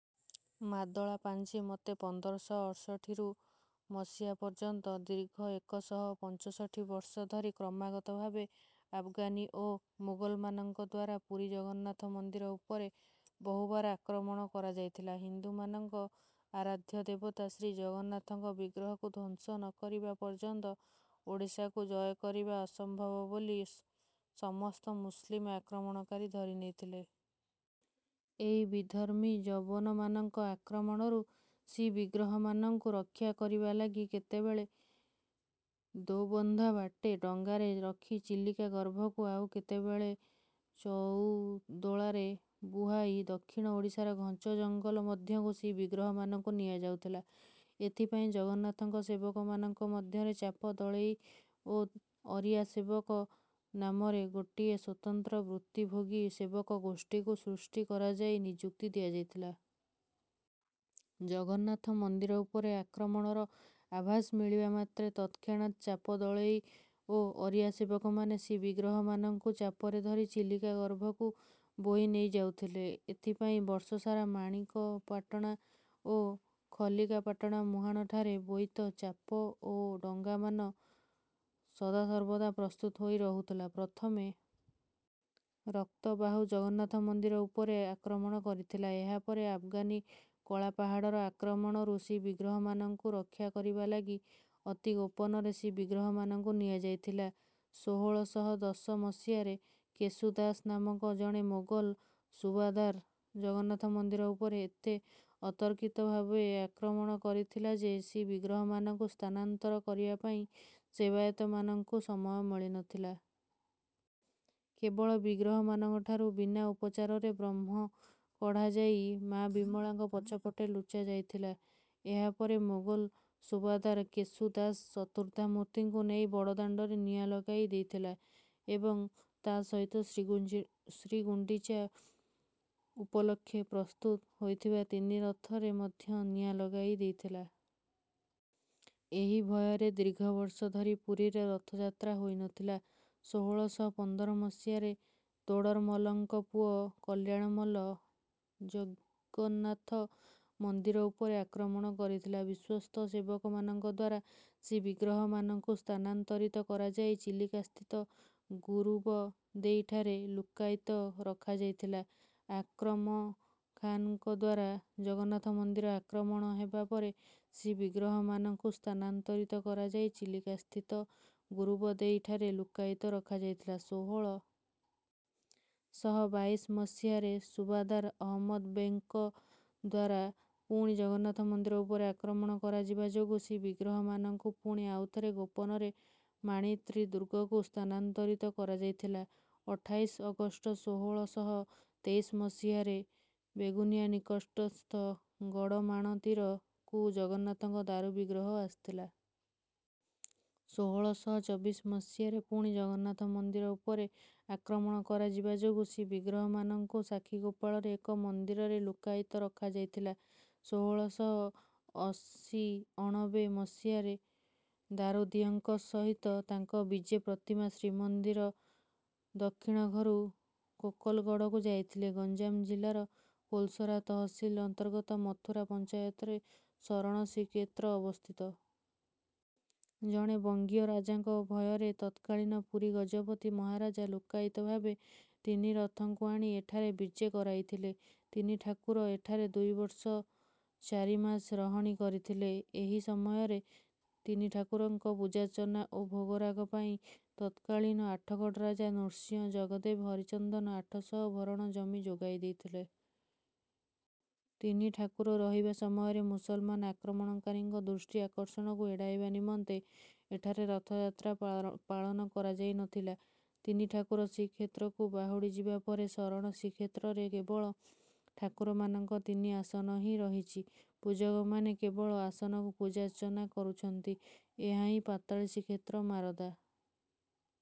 ମାଦଳା ପାଞ୍ଜି ମତେ ପନ୍ଦର ଶହ ଅର୍ଷଠି ରୁ ମସିହା ପର୍ଯ୍ୟନ୍ତ ଦୀର୍ଘ ଏକ ଶହ ପଞ୍ଚଷଠି ବର୍ଷ ଧରି କ୍ରମାଗତ ଭାବେ ଆଫଗାନୀ ଓ ମୋଗଲମାନଙ୍କ ଦ୍ୱାରା ପୁରୀ ଜଗନ୍ନାଥ ମନ୍ଦିର ଉପରେ ବହୁବାର ଆକ୍ରମଣ କରାଯାଇଥିଲା। ହିନ୍ଦୁମାନଙ୍କ ଆରାଧ୍ୟ ଦେବତା ଶ୍ରୀଜଗନ୍ନାଥଙ୍କ ବିଗ୍ରହକୁ ଧ୍ୱଂସ ନ କରିବା ପର୍ଯ୍ୟନ୍ତ ଓଡ଼ିଶାକୁ ଜୟ କରିବା ଅସମ୍ଭବ ବୋଲି ସମସ୍ତ ମୁସଲିମ ଆକ୍ରମଣକାରୀ ଧରିନେଇଥିଲେ। ଏହି ବିଧର୍ମୀ ଯବନମାନଙ୍କ ଆକ୍ରମଣରୁ ଶ୍ରୀବିଗ୍ରହମାନଙ୍କୁ ରକ୍ଷା କରିବା ଲାଗି କେତେବେଳେ ଦୋବନ୍ଧା ବାଟେ ଡଙ୍ଗାରେ ରଖି ଚିଲିକା ଗର୍ଭକୁ ଆଉ କେତେବେଳେ ଚଉଦୋଳାରେ ବୁହାଇ ଦକ୍ଷିଣ ଓଡ଼ିଶାର ଘଞ୍ଚ ଜଙ୍ଗଲ ମଧ୍ୟକୁ ଶ୍ରୀବିଗ୍ରହମାନଙ୍କୁ ନିଆଯାଉଥିଲା। ଏଥିପାଇଁ ଜଗନ୍ନାଥଙ୍କ ସେବକମାନଙ୍କ ମଧ୍ୟରେ ଚାପ ଦଳେଇ ଓ ଅରିଆ ସେବକ ନାମରେ ଗୋଟିଏ ସ୍ୱତନ୍ତ୍ର ବୃତ୍ତିଭୋଗୀ ସେବକ ଗୋଷ୍ଠୀକୁ ସୃଷ୍ଟି କରାଯାଇ ନିଯୁକ୍ତି ଦିଆଯାଇଥିଲା। ଜଗନ୍ନାଥ ମନ୍ଦିର ଉପରେ ଆକ୍ରମଣର ଆଭାସ ମିଳିବା ମାତ୍ରେ ତତ୍କ୍ଷଣାତ୍ ଚାପ ଦଳେଇ ଓ ଅରିଆ ସେବକମାନେ ଶ୍ରୀବିଗ୍ରହମାନଙ୍କୁ ଚାପରେ ଧରି ଚିଲିକା ଗର୍ଭକୁ ବୋହି ନେଇଯାଉଥିଲେ। ଏଥିପାଇଁ ବର୍ଷସାରା ମାଣିକପାଟଣା ଓ ଖାଲିକାପାଟଣା ମୁହାଣଠାରେ ବୋଇତ, ଚାପ ଓ ଡଙ୍ଗାମାନ ସଦାସର୍ବଦା ପ୍ରସ୍ତୁତ ହୋଇ ରହୁଥିଲା। ପ୍ରଥମେ ରକ୍ତବାହୁ ଜଗନ୍ନାଥ ମନ୍ଦିର ଉପରେ ଆକ୍ରମଣ କରିଥିଲା। ଏହାପରେ ଆଫଗାନୀ କଳାପାହାଡ଼ର ଆକ୍ରମଣରୁ ଶ୍ରୀବିଗ୍ରହମାନଙ୍କୁ ରକ୍ଷା କରିବା ଲାଗି ଅତି ଗୋପନରେ ଶ୍ରୀବିଗ୍ରହମାନଙ୍କୁ ନିଆଯାଇଥିଲା। ସୋହଳ ଶହ ଦଶ ମସିହାରେ କେଶୁ ଦାସ ନାମକ ଜଣେ ମୋଗଲ ସୁବାଦାର ଜଗନ୍ନାଥ ମନ୍ଦିର ଉପରେ ଏତେ ଅତର୍କିତ ଭାବେ ଆକ୍ରମଣ କରିଥିଲା ଯେ ଶ୍ରୀବିଗ୍ରହମାନଙ୍କୁ ସ୍ଥାନାନ୍ତର କରିବା ପାଇଁ ସେବାୟତମାନଙ୍କୁ ସମୟ ମିଳି ନ ଥିଲା। କେବଳ ବିଗ୍ରହମାନଙ୍କଠାରୁ ବିନା ଉପଚାରରେ ବ୍ରହ୍ମ କଢ଼ାଯାଇ ମା ବିମଳାଙ୍କ ପଛପଟେ ଲୁଚାଯାଇଥିଲା। ଏହାପରେ ମୋଗଲ ସୁବାଦାର କେଶୁ ଦାସ ଚତୁର୍ଦ୍ଧା ମୂର୍ତ୍ତିଙ୍କୁ ନେଇ ବଡ଼ଦାଣ୍ଡରେ ନିଆଁ ଲଗାଇ ଦେଇଥିଲା ଏବଂ ତା ସହିତ ଶ୍ରୀଗୁଣ୍ଡିଚା ଉପଲକ୍ଷେ ପ୍ରସ୍ତୁତ ହୋଇଥିବା ତିନି ରଥରେ ମଧ୍ୟ ନିଆଁ ଲଗାଇ ଦେଇଥିଲା। ଏହି ଭୟରେ ଦୀର୍ଘବର୍ଷ ଧରି ପୁରୀରେ ରଥଯାତ୍ରା ହୋଇନଥିଲା। ସୋହଳ ଶହ ପନ୍ଦର ମସିହାରେ ତୋଡ଼ରମଲ୍ଲଙ୍କ ପୁଅ କଲ୍ୟାଣମଲ୍ଲ ଜଗନ୍ନାଥ ମନ୍ଦିର ଉପରେ ଆକ୍ରମଣ କରିଥିଲା। ବିଶ୍ୱସ୍ତ ସେବକମାନଙ୍କ ଦ୍ୱାରା ଶ୍ରୀବିଗ୍ରହମାନଙ୍କୁ ସ୍ଥାନାନ୍ତରିତ କରାଯାଇ ଚିଲିକାସ୍ଥିତ ଗୁରୁବଦେଇଠାରେ ଲୁକ୍କାୟିତ ରଖାଯାଇଥିଲା। ଆକ୍ରମ ଖାନ୍‌ଙ୍କ ଦ୍ୱାରା ଜଗନ୍ନାଥ ମନ୍ଦିର ଆକ୍ରମଣ ହେବା ପରେ ଶ୍ରୀବିଗ୍ରହମାନଙ୍କୁ ସ୍ଥାନାନ୍ତରିତ କରାଯାଇ ଚିଲିକାସ୍ଥିତ ଗୁରୁବଦେଇଠାରେ ଲୁକ୍କାୟିତ ରଖାଯାଇଥିଲା। ସୋହଳ ଶହ ବାଇଶ ମସିହାରେ ସୁବାଦାର ଅହମଦ ବେଗ୍‌ଙ୍କ ଦ୍ୱାରା ପୁଣି ଜଗନ୍ନାଥ ମନ୍ଦିର ଉପରେ ଆକ୍ରମଣ କରାଯିବା ଯୋଗୁ ଶ୍ରୀବିଗ୍ରହମାନଙ୍କୁ ପୁଣି ଆଉଥରେ ଗୋପନରେ ମାଣିତ୍ରୀ ଦୁର୍ଗକୁ ସ୍ଥାନାନ୍ତରିତ କରାଯାଇଥିଲା। ଅଠାଇଶ ଅଗଷ୍ଟ ସୋହଳ ଶହ ତେଇଶ ମସିହାରେ ବେଗୁନିଆ ନିକଟସ୍ଥ ଗଡ଼ମାଣତୀରକୁ ଜଗନ୍ନାଥଙ୍କ ଦାରୁବିଗ୍ରହ ଆସିଥିଲା। ସୋହଳ ଶହ ଚବିଶ ମସିହା ରେ ପୁଣି ଜଗନ୍ନାଥ ମନ୍ଦିର ଉପରେ ଆକ୍ରମଣ କରାଯିବା ଯୋଗୁ ଶ୍ରୀବିଗ୍ରହମାନଙ୍କୁ ସାକ୍ଷୀଗୋପାଳରେ ଏକ ମନ୍ଦିରରେ ଲୁକ୍କାୟିତ ରଖାଯାଇଥିଲା। ସୋହଳ ଶହ ଅଶୀଅଣବେ ମସିହା ରେ ଦାରୁଦିଅଁଙ୍କ ସହିତ ତାଙ୍କ ବିଜେ ପ୍ରତିମା ଶ୍ରୀମନ୍ଦିର ଦକ୍ଷିଣୀଘରୁ କୋକଲଗଡ଼କୁ ଯାଇଥିଲେ। ଗଞ୍ଜାମ ଜିଲ୍ଲାର ପୋଲସରା ତହସିଲ ଅନ୍ତର୍ଗତ ମଥୁରା ପଞ୍ଚାୟତରେ ଶରଣ ଶ୍ରୀକ୍ଷେତ୍ର ଅବସ୍ଥିତ। ଜଣେ ବଙ୍ଗୀୟ ରାଜାଙ୍କ ଭୟରେ ତତ୍କାଳୀନ ପୁରୀ ଗଜପତି ମହାରାଜା ଲୁକ୍କାୟିତ ଭାବେ ତିନି ଠାକୁରଙ୍କୁ ଆଣି ଏଠାରେ ବିଜେ କରାଇଥିଲେ। ତିନିଠାକୁର ଏଠାରେ ଦୁଇ ବର୍ଷ ଚାରି ମାସ ରହଣି କରିଥିଲେ। ଏହି ସମୟରେ ତିନି ଠାକୁରଙ୍କ ପୂଜାର୍ଚ୍ଚନା ଓ ଭୋଗରାଗ ପାଇଁ ତତ୍କାଳୀନ ଆଠଗଡ଼ ରାଜା ନୃସିଂହ ଜଗଦ୍ଦେବ ହରିଚନ୍ଦନ ଆଠ ଶହ ଭରଣ ଜମି ଯୋଗାଇ ଦେଇଥିଲେ। ତିନି ଠାକୁର ରହିବା ସମୟରେ ମୁସଲମାନ ଆକ୍ରମଣକାରୀଙ୍କ ଦୃଷ୍ଟି ଆକର୍ଷଣକୁ ଏଡ଼ାଇବା ନିମନ୍ତେ ଏଠାରେ ରଥଯାତ୍ରା ପାଳନ କରାଯାଇ ନଥିଲା। ତିନି ଠାକୁର ଶ୍ରୀକ୍ଷେତ୍ରକୁ ବାହୁଡ଼ିଯିବା ପରେ ଶରଣ ଶ୍ରୀକ୍ଷେତ୍ରରେ କେବଳ ଠାକୁରମାନଙ୍କ ତିନି ଆସନ ହିଁ ରହିଛି। ପୂଜକମାନେ କେବଳ ଆସନକୁ ପୂଜାର୍ଚ୍ଚନା କରୁଛନ୍ତି। ଏହାହିଁ ପାତାଳି ଶ୍ରୀକ୍ଷେତ୍ର ମାରଦା।